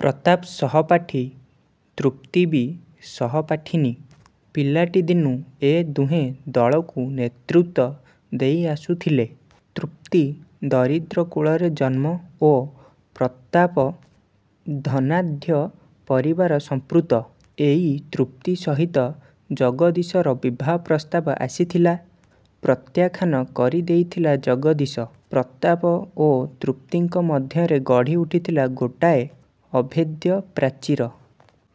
ପ୍ରତାପ ସହପାଠୀ। ତୃପ୍ତି ବି ସହପାଠିନୀ। ପିଲାଟିଦିନୁ ଏ ଦୁହେଁ ଦଳକୁ ନେତୃତ୍ୱ ଦେଇଆସୁଥିଲେ। ତୃପ୍ତି ଦରିଦ୍ର କୁଳରେ ଜନ୍ମ ଓ ପ୍ରତାପ ଧନାଢ଼୍ୟ ପରିବାର ସମ୍ଭୂତ-। ଏଇ ତୃପ୍ତି ସହିତ ଜଗଦୀଶର ବିବାହ ପ୍ରସ୍ତାବ ଆସିଥିଲା। ପ୍ରତ୍ୟାଖ୍ୟାନ କରିଦେଇଥିଲା ଜଗଦୀଶ। ପ୍ରତାପ ଓ ତୃପ୍ତିଙ୍କ ମଧ୍ୟରେ ଗଢ଼ି ଉଠିଥିଲା ଗୋଟାଏ ଅଭେଦ୍ୟ ପ୍ରାଚୀର-।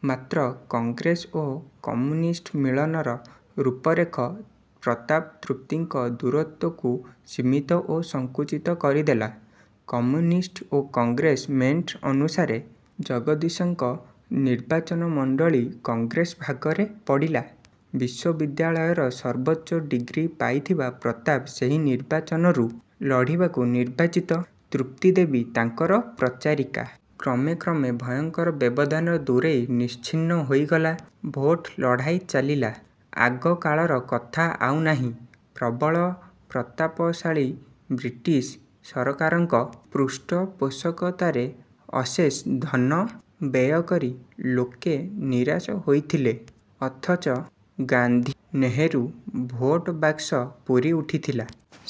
ମାତ୍ର କଂଗ୍ରେସ ଓ କମ୍ୟୁନିଷ୍ଟ ମିଳନର ରୂପରେଖ ପ୍ରତାପ ତୃପ୍ତିଙ୍କ ଦୂରତ୍ୱକୁ ସୀମିତ ଓ ସଙ୍କୁଚିତ କରିଦେଲା। କମ୍ୟୁନିଷ୍ଟ ଓ କଂଗ୍ରେସ ମେଣ୍ଟ ଅନୁସାରେ ଜଗଦୀଶଙ୍କ ନିର୍ବାଚିନମଣ୍ତଳୀ କଂଗ୍ରେସ ଭାଗରେ ପଡ଼ିଲା। ବିଶ୍ୱବିଦ୍ୟାଳୟର ସର୍ବୋଚ୍ଚ ଡ଼ିଗ୍ରୀ ପାଇଥିବା ପ୍ରତାପ ସେହି ନିର୍ବାଚନରୁ ଲଢ଼ିବାକୁ ନିର୍ବାଚିତ। ତୃପ୍ତି ଦେବୀ ତାଙ୍କର ପ୍ରଚାରିକା। କ୍ରମେ କ୍ରମେ ଉଭୟଙ୍କ ବ୍ୟବଧାନ ଦୂରେଇ ନିଶ୍ଚିହ୍ନ ହୋଇଗଲା। ଭୋଟ ଲଢ଼ାଇ ଚାଲିଲା। ଆଗକାଳର କଥା ଆଉ ନାହିଁ। ପ୍ରବଳ ପ୍ରତାପଶାଳୀ ବ୍ରିଟିଶ ଶାସକଙ୍କ ପୃଷ୍ଠପୋଷକତାରେ ଅଶେଷ ଧନ ବ୍ୟୟ କରି ଲୋକେ ନିରାଶ ହେଉଥିଲେ। ଅଥଚ 'ଗାନ୍ଧୀ' ନେହେରୁ ଭୋଟ ବାକ୍ସ ପୁରି ଉଠୁଥିଲା।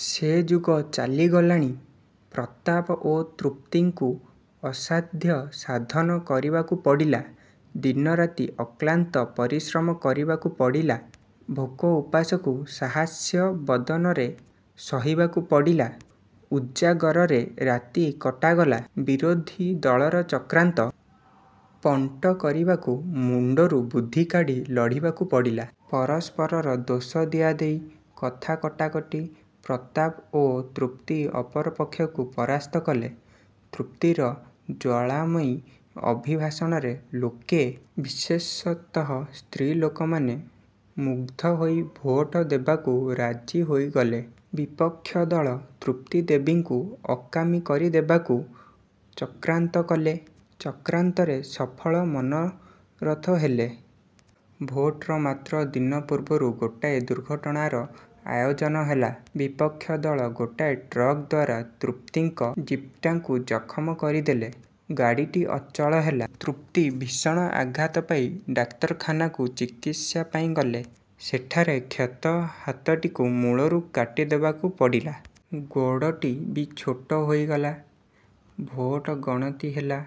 ସେ ଯୁଗ ଚାଲି ଗଲାଣି। ପ୍ରତାପ ଓ ତୃପ୍ତିଙ୍କୁ ଅସାଧ୍ୟ ସାଧନ କରିବାକୁ ପଡ଼ିଲା। ଦିନ ରାତି ଅକ୍ଲାନ୍ତ ପରିଶ୍ରମ କରିବାକୁ ପଡ଼ିଲା। ଭୋକ ଉପାସକୁ ସାହାସ୍ୟ ବଦନରେ ସହିବାକୁ ପଡ଼ିଲା। ଉଜାଗରରେ ରାତି କଟାଗଲା। ବିରୋଧୀ ଦଳର ଚକ୍ରାନ୍ତ ପଣ୍ତ କରିବାକୁ ମୁଣ୍ତରୁ ବୁଦ୍ଧି କାଢ଼ି ଲଢ଼ିବାକୁ ପଡ଼ିଲା। ପରସ୍ପରର ଦୋଷ ଦିଆଦେଇ, କଥା କଟାକଟିରେ ପ୍ରତାପ ଓ ତୃପ୍ତି ଅପରପକ୍ଷକୁ ପରାସ୍ତ କଲେ। ତୃପ୍ତିର ଜ୍ୱାଳାମୟୀ ଅଭିଭାଷଣରେ ଲୋକେ ବିଶେଷତଃ ସ୍ତ୍ରୀ ଲୋକମାନେ ମୁଗ୍ଧ ହୋଇ ଭୋଟ ଦେବାକୁ ରାଜି ହୋଇଗଲେ। ବିପକ୍ଷଦଳ ତୃପ୍ତି ଦେବୀଙ୍କୁ ଅକାମୀ କରି ଦେବାକୁ। ଚକ୍ରାନ୍ତ କଲେ। ଚକ୍ରାନ୍ତରେ ସଫଳ ମନୋରଥ ହେଲେ। ଭୋଟର ମାତ୍ର ଦିନ ପୂର୍ବରୁ ଗୋଟାଏ ଦୁର୍ଘଟଣାର ଆୟୋଜନ ହେଲା-। ବିପକ୍ଷ ଦଳ ଗୋଟାଏ ଟ୍ରକ୍ ଦ୍ୱାରା ତୃପ୍ତିଙ୍କ ଜିପ୍ଟାକୁ ଜଖମ କରିଦେଲେ। ଗାଡ଼ିଟି ଅଚଳ ହେଲା-। ତୃପ୍ତି ଭୀଷଣ ଆଘାତ ପାଇ ଡାକ୍ତରଖାନାକୁ ଚିକିତ୍ସା ପାଇଁ ଗଲେ। ସେଠାରେ କ୍ଷତ ହାତଟିକୁ ମୂଳରୁ କାଟି ଦେବାକୁ ପଡ଼ିଲା। ଗୋଡ଼ଟି ବି ଛୋଟ ହୋଇଗଲା। ଭୋଟ ଗଣତି ହେଲା।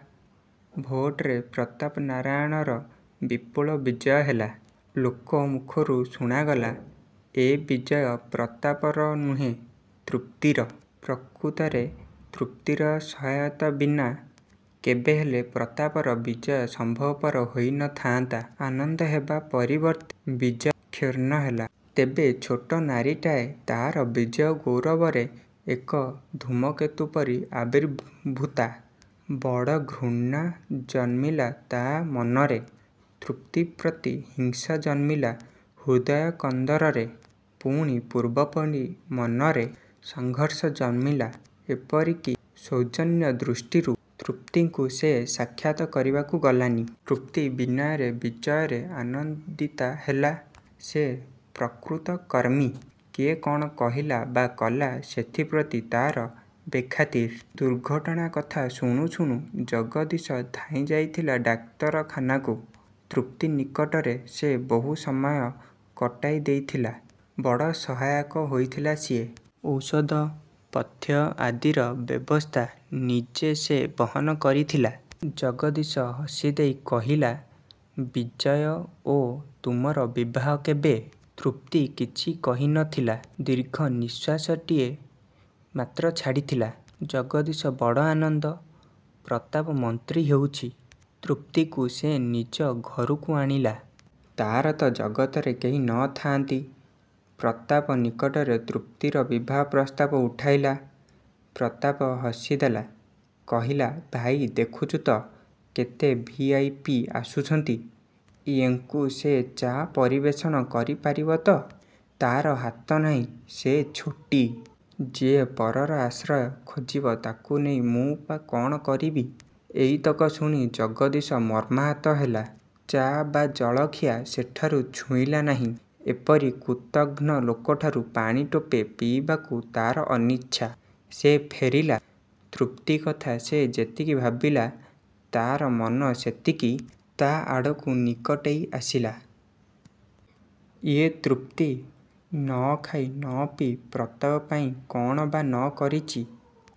ଭୋଟରେ ପ୍ରତାପ ନାରାୟଣର ବିପୁଳ ବିଜୟ ହେଲା। ଲୋକ ମୁଖରୁ ଶୁଣାଗଲା-ଏ ବିଜୟ ପ୍ରତାପର ନୁହେ ତୃପ୍ତିର। ପ୍ରକୃତରେ ତୃପ୍ତିର ସହାୟତା ବିନା କେବେହେଲେ ପ୍ରତାପର ବିଜୟ ସମ୍ଭବ ପର ହୋଇ ନ ଥାଆନ୍ତା। ଆନନ୍ଦ ହେବା ପରିବର୍ତ୍ତେ ବିଜୟ କ୍ଷୁର୍ଣ୍ଣ ହେଲା। ତେବେ ଛାର ନାରୀଟାଏ ତାର ବିଜୟ ଗୌରବରେ ଏକ ଧୂମକେତୁ ପରି ଆବିର୍ଭୂତା। ବଡ଼ ଘୃଣା ଜନ୍ମିଲା ତା ମନରେ। ତୃପ୍ତି ପ୍ରତି ହିଂସା ଜନ୍ମିଲା ହୃଦୟ କନ୍ଦରରେ। ପୁଣି ପୂର୍ବ ପରି ମନରେ ସଂଘର୍ଷ ଜନ୍ମିଲା। ଏପରି କି ସୌଜନ୍ୟ ଦୃଷ୍ଟିରୁ ତୃପ୍ତିକୁ ସେ ସାକ୍ଷାତ କରିବାକୁ ଗଲାନି। ତୃପ୍ତି ବିନୟରେ ବିଜୟରେ ଆନନ୍ଦିତା ହେଲା। ସେ ପ୍ରକୃତ କର୍ମୀ। କିଏ କ'ଣ କହିଲା ବା କଲା ସେଥିପ୍ରତି ତାର ବେଖାତିର। ଦୁର୍ଘଟଣା କଥା ଶୁଣୁ ଶୁଣୁ ଜଗଦୀଶ ଧାଇଁ ଯାଇଥିଲା ଡାକ୍ତରଖାନାକୁ। ତୃପ୍ତି ନିକଟରେ ସେ ବହୁ ସମୟ କଟାଇ ଦେଇଥିଲା। ବଡ଼ ସହାୟକ ହୋଇଥିଲା ସିଏ। ଔଷଧ, ପଥ୍ୟ ଆଦିର ବ୍ୟବସ୍ଥା ନିଜେ ସେ ବହନ କରିଥିଲା। ଜଗଦୀଶ ହସିଦେଇ କହିଲା-ବିଜୟ ଓ ତୁମର ବିବାହ କେବେ? ତୃପ୍ତି କିଛି କହି ନ ଥିଲା। ଦୀର୍ଘ ନିଃଶ୍ୱାସଟିଏ ମାତ୍ର ଛାଡ଼ିଥିଲା। ଜଗଦୀଶ ବଡ଼ ଆନନ୍ଦ। ପ୍ରତାପ ମନ୍ତ୍ରୀ ହେଉଛି। ତୃପ୍ତିକୁ ସେ ନିଜ ଘରକୁ ଆଣିଲା। ତାର ତ ଜଗତରେ କେହି ନ ଥାଆନ୍ତି, ପ୍ରତାପ ନିକଟରେ ତୃପ୍ତିର ବିବାହ ପ୍ରସ୍ତାବ ଉଠାଇଲା। ପ୍ରତାପ ହସିଦେଲା, କହିଲା-ଭାଇ ଦେଖୁଚୁ ତ କେତେ ଭି. ଆଇ. ପି. ଆସୁଛନ୍ତି। ଏଙ୍କୁ ସେ ଚା ପରିବେଷଣ କରି ପାରିବ ତ? ତାର ହାତ ନାହିଁ, ସେ ଛୋଟୀ। ଯିଏ ପରର ଆଶ୍ରୟ ଖୋଜିବ ତାକୁ ନେଇ ମୁଁ ବା କ'ଣ କରିବି? ଏଇତକ ଶୁଣି ଜଗଦୀଶ ମର୍ମାହତ ହେଲା। ଚା ବା ଜଳଖିଆ ସେଠାରେ ଛୁଇଁଲା ନାହିଁ। ଏପରି କୃତଘ୍ନ ଲୋକଠାରୁ ପାଣି ଟୋପେ ପିଇବାକୁ ତାର ଅନିଚ୍ଛା। ସେ ଫେରିଲା। ତୃପ୍ତି କଥା ସେ ଯେତିକି ଭାବିଲା, ତାର ମନ ସେତିକି ତା ଆଡ଼କୁ ନିକଟେଇ ଆସିଲା। ଏଇ ତୃପ୍ତି, ନ ଖାଇ ନ ପିଇ, ପ୍ରତାପ ପାଇଁ କ'ଣ ବା ନ କରିଚି?